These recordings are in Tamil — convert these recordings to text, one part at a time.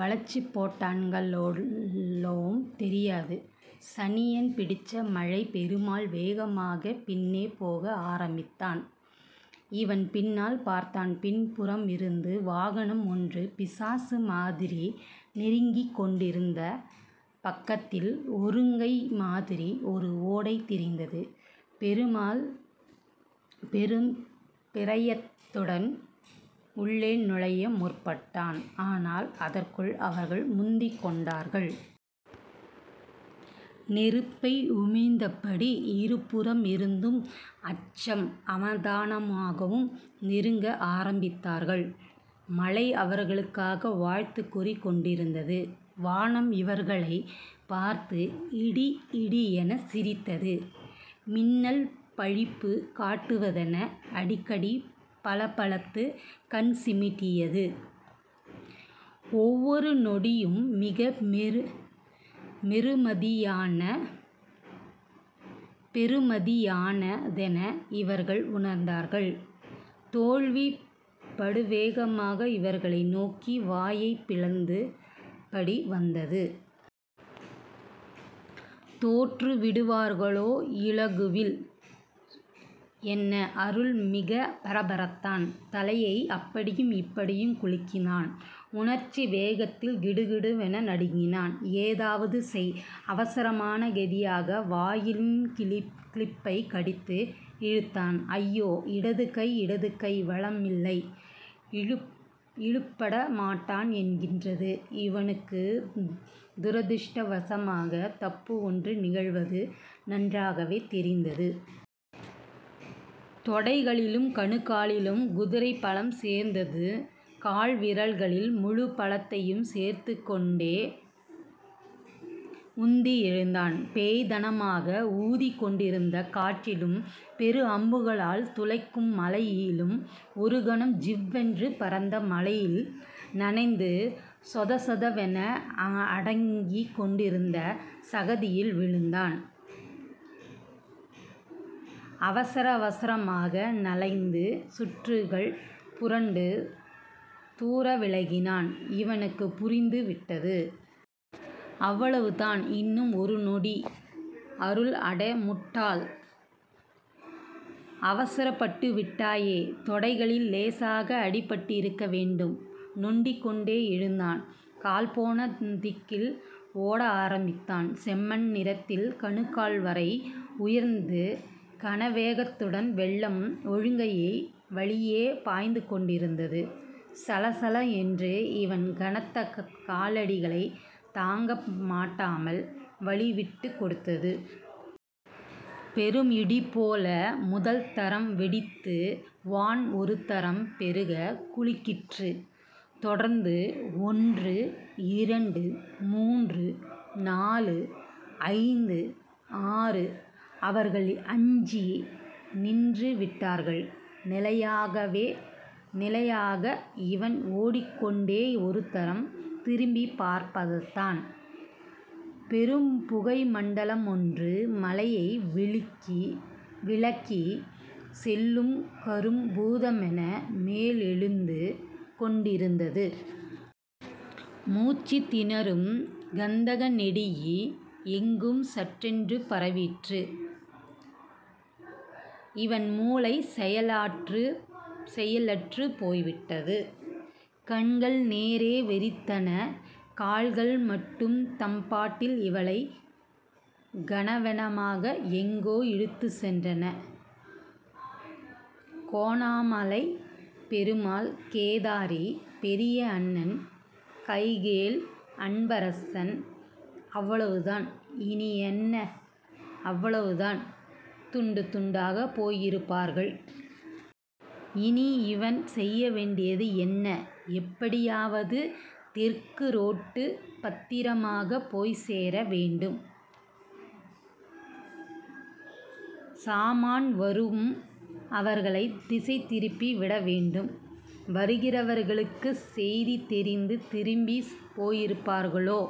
வளைச்சுப்போட்டான்களோவும் தெரியாது சனியன் பிடிச்ச மழை பெருமாள் வேகமாக பின்னே போக ஆரம்பித்தான். இவன் பின்னால் பார்த்தான். பின்புறமிருந்தும் வாகனம்ஒன்று பிசாசு மாதிரி நெருங்கிக்கொண்டிருந்தது பக்கத்திலே ஒழுங்கைமாதிரி ஒரு ஓடை தெரிந்தது. பெருமாள் பெரும் பிரயத்தனத்துடன் உள்ளே நுழைய முற்பட்டான். ஆனால் அதற்குள் அவர்கள் முந்திக்கொண்டார்கள். நெருப்பை உமிழ்ந்த படி இருபுறமிருந்தும் அச்சமும் அவதானமுமாக நெருங்க ஆரம்பித்தார்கள். மழை அவர்களுக்காக வாழ்த்துச் கூறிக்கொண்டிருந்தது. வானம் இவர்களைப் பார்த்து இடிஇடியெனச் சிரித்தது. மின்னல் பழிப்புக் காட்டுவதென அடிக்கடி பளபளத்துக் கண்சிமிட்டியது. ஒவ்வொரு நொடியும் மிகப் பெறுமதியானதென இவர்கள் உணர்ந்தார்கள். தோல்வி படுவேகமாக இவர்களை நோக்கி வாயைப் பிளந்தபடி வந்தது. தோற்று விடுவார்களோ இலகுவில் என்ன?.... அருள் மிகப் பரபரத்தான்.... தலையை அப்படியும் இப்படியும் குலுக்கினான். உணர்ச்சி வேகத்தில் கிடுகிடுவென நடுங்கினான்.... ஏதாவது செய்... அவசரமாக... கெதியாக... வாயில் கிளிப்பைக் கடித்து இழுத்தான். ஐயோ! இடது கை... இடதுகை... வழமில்லை! இழு இழுபட மாட்டான் என்கிறது. இவனுக்கு துரதிர்ஷ்டவசமான தப்பு ஒன்று நிகழ்வது நன்றாகவே தெரிந்தது. தொடைகளிலும் கணுக்காலிலும் குதிரைபலம் சேர்ந்தது. கால்விரல்களில் முழுபலத்தையும் சேர்த்துக்கொண்டே உந்தி எழுந்தான். பேய்த்தனமாக ஊதிக்கொண்டிருந்த காற்றிலும் பெரு அம்புகளால்த் துளைக்கும் மழையிலும் ஒருகணம் ஜிவ்வெனப் பறந்து மழையில் நனைந்து சொசொதவென அனங்கிக்கொண்டிருந்த சகதியில் விழுந்தான். அவசர அவசரமாக நாலைந்து சுற்றுக்கள் புரண்டு தூரவிலகினான். இவனுக்கு புரிந்துவிட்டது.... அவ்வளவுதான்... இன்னும் ஒரு நொடி... அருள் அடமுட்டாள். அவசரப்பட்டுவிட்டாயே தொடைகளில் இலேசாக அடிபட்டிருக்க வேண்டும். நொண்டிக்கொண்டே எழுந்தான். கால்போன திக்கில் ஓட ஆரம்பித்தான். செம்மண் நிறத்திலே கணுக்கால்வரை உயர்ந்து கனவேகத்துடன் வெள்ளம் ஒழுங்கைகள் வழியே பாய்ந்துகொண்டிருந்தது. சளசள என்று இவன் கனத்த காலடிகளைத் தாங்கமாட்டாமல் வழிவிட்டுக் கொடுத்தது. பெரும் இடிபோல முதல் தரம் வெடித்து. வான்ஒருதரம் பெருகக் குலுக்கிற்று. தொடர்ந்து ஒன்று... இரண்டு... மூன்று... நாலு... ஐந்து... ஆறு... அவர்கள் அஞ்சி நின்று விட்டார்கள் நிலையாக! இவன் ஒடிக்கொண்டே ஒருதரம் திரும்பிப்பார்த்தான். பெரும் புகைமண்டலமொன்று மழையை விலக்கிச் செல்லும் கரும் பூதமென மேலெழுந்து கொண்டிருந்தது. மூச்சுத் திணறும் கந்தகநெடியே எங்கும் சட்டெனப் பரவிற்று. இவன் மூளை செயலாற்று செயலற்றுப் போய்விட்டது. கண்கள் நேரே வெறித்தன. கால்கள் மட்டும் தம்பாட்டில் இவளை கனவேகமாக எங்கோ இழுத்துச்சென்றன. கோணாமலை. பெருமாள். கேதாரி... பெரியண்ணன் கைக்கேல்... அன்பரசன்.... அவ்வளவுதான். இனியென்ன?... அவ்வளவுதான்... துண்டு துண்டாகப் போயிருப்பார்கள். இனி? இவன் செய்யவேண்டியது என்ன? எப்படியாவது தெற்கு ரோட்டு பத்திரமாகப் போய்ச்சேர வேண்டும். சாமான் வரும். அவர்களைத் திசை திருப்பி விடவேண்டும். வருகிறவர்களுக்குச் செய்தி தெரிந்து திரும்பிப் போயிருப்பார்களோ?....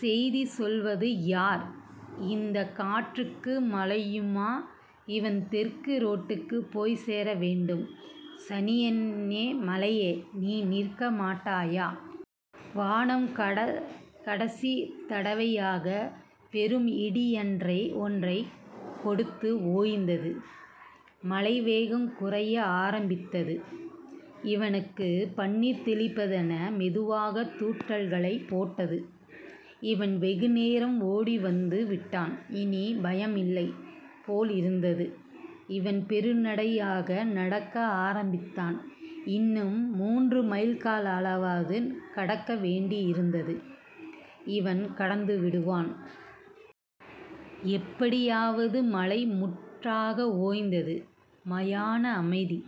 செய்தி சொல்லுவது யார்? இந்தக் காற்றுக்கு மழையுமா? இவன் தெற்கு ரோட்டுக்குப் போய்ச்சேரவேண்டும் சனியனே மழையே நீ நிற்க மாட்டாயா.... வானம் கட கடைசித்தடவையாக பெருமிடியன்றைக் கொடுத்து ஓய்ந்தது. மழைவேகம் குறைய ஆரம்பித்தது இவனுக்கு பன்னீர் தெளிப்பதென மெதுவாக தூற்றல்களைப் போட்டது. இவன் வெகுதூரம் ஓடிவந்து விட்டான். இனிப் பயமில்லைப் போல் இருந்தது. இவன் பெருநடையாக நடக்க ஆரம்பித்தான். இன்னும் மூன்று மைல்களாவது கடக்க வேண்டியிருந்தது. இவன் கடந்துவிடுவான்... எப்படியாவது மழை முற்றாக ஓய்ந்தது. மயான அமைதி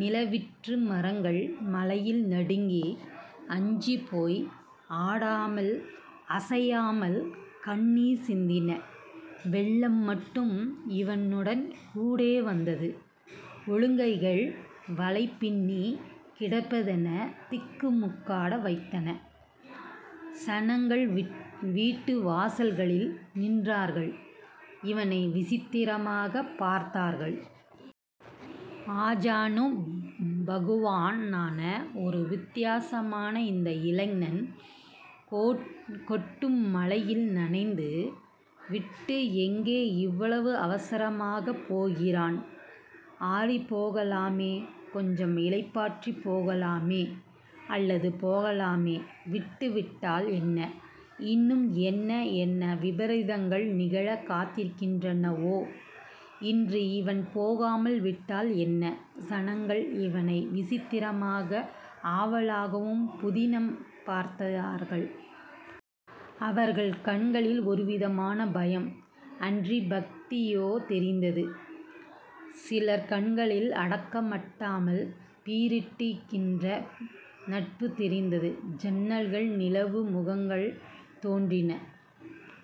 நிலவிற்று மரங்கள் மழையில் நடுங்கி அஞ்சிப்போய் ஆடாமல் அசையாமல் கண்ணீர் சிந்தின. வெள்ளம் மட்டும் இவனுடன் கூடே வந்தது. ஒழுங்கைகள் வலை பின்னிக் கிடப்பதென திக்குமுக்காட வைத்தன. சனங்கள் வீட்டு வாசல்களில் நின்றார்கள். இவனை விசித்திரமாகப் பார்த்தார்கள். ஆஜானுபகுவான ஒரு வித்தியாசமான இந்த இளைஞன் கொட்டும் மழையில் நனைந்து விட்டு எங்கே இவ்வளவு அவசரமாகப் போகிறான் ஆறிப்போகலாமே, கொஞ்சம் இளைப்பாறிப் போகலாமே... அல்லது போகலாமே விட்டுவிட்டால் என்ன.... இன்னும் என்ன என்ன விபரீதங்களும் நிகழக் காத்திருக்கின்றனவோ இன்று இவன் போகாமலே விட்டால் என்ன? சனங்கள் இவனை விசித்திரமாகவும், ஆவலாகவும் புதினம் பார்த்தார்கள். அவர்கள் கண்களில் ஒருவிதமான பயம்.... அன்றிப் பக்தியோ.... தெரிந்தது. சிலர் கண்களில் அடக்கமட்டாமல் பீரிடுகின்ற நட்பு தெரிந்தது. ஜன்னல்களில் நிலவு முகங்கள் தோன்றின.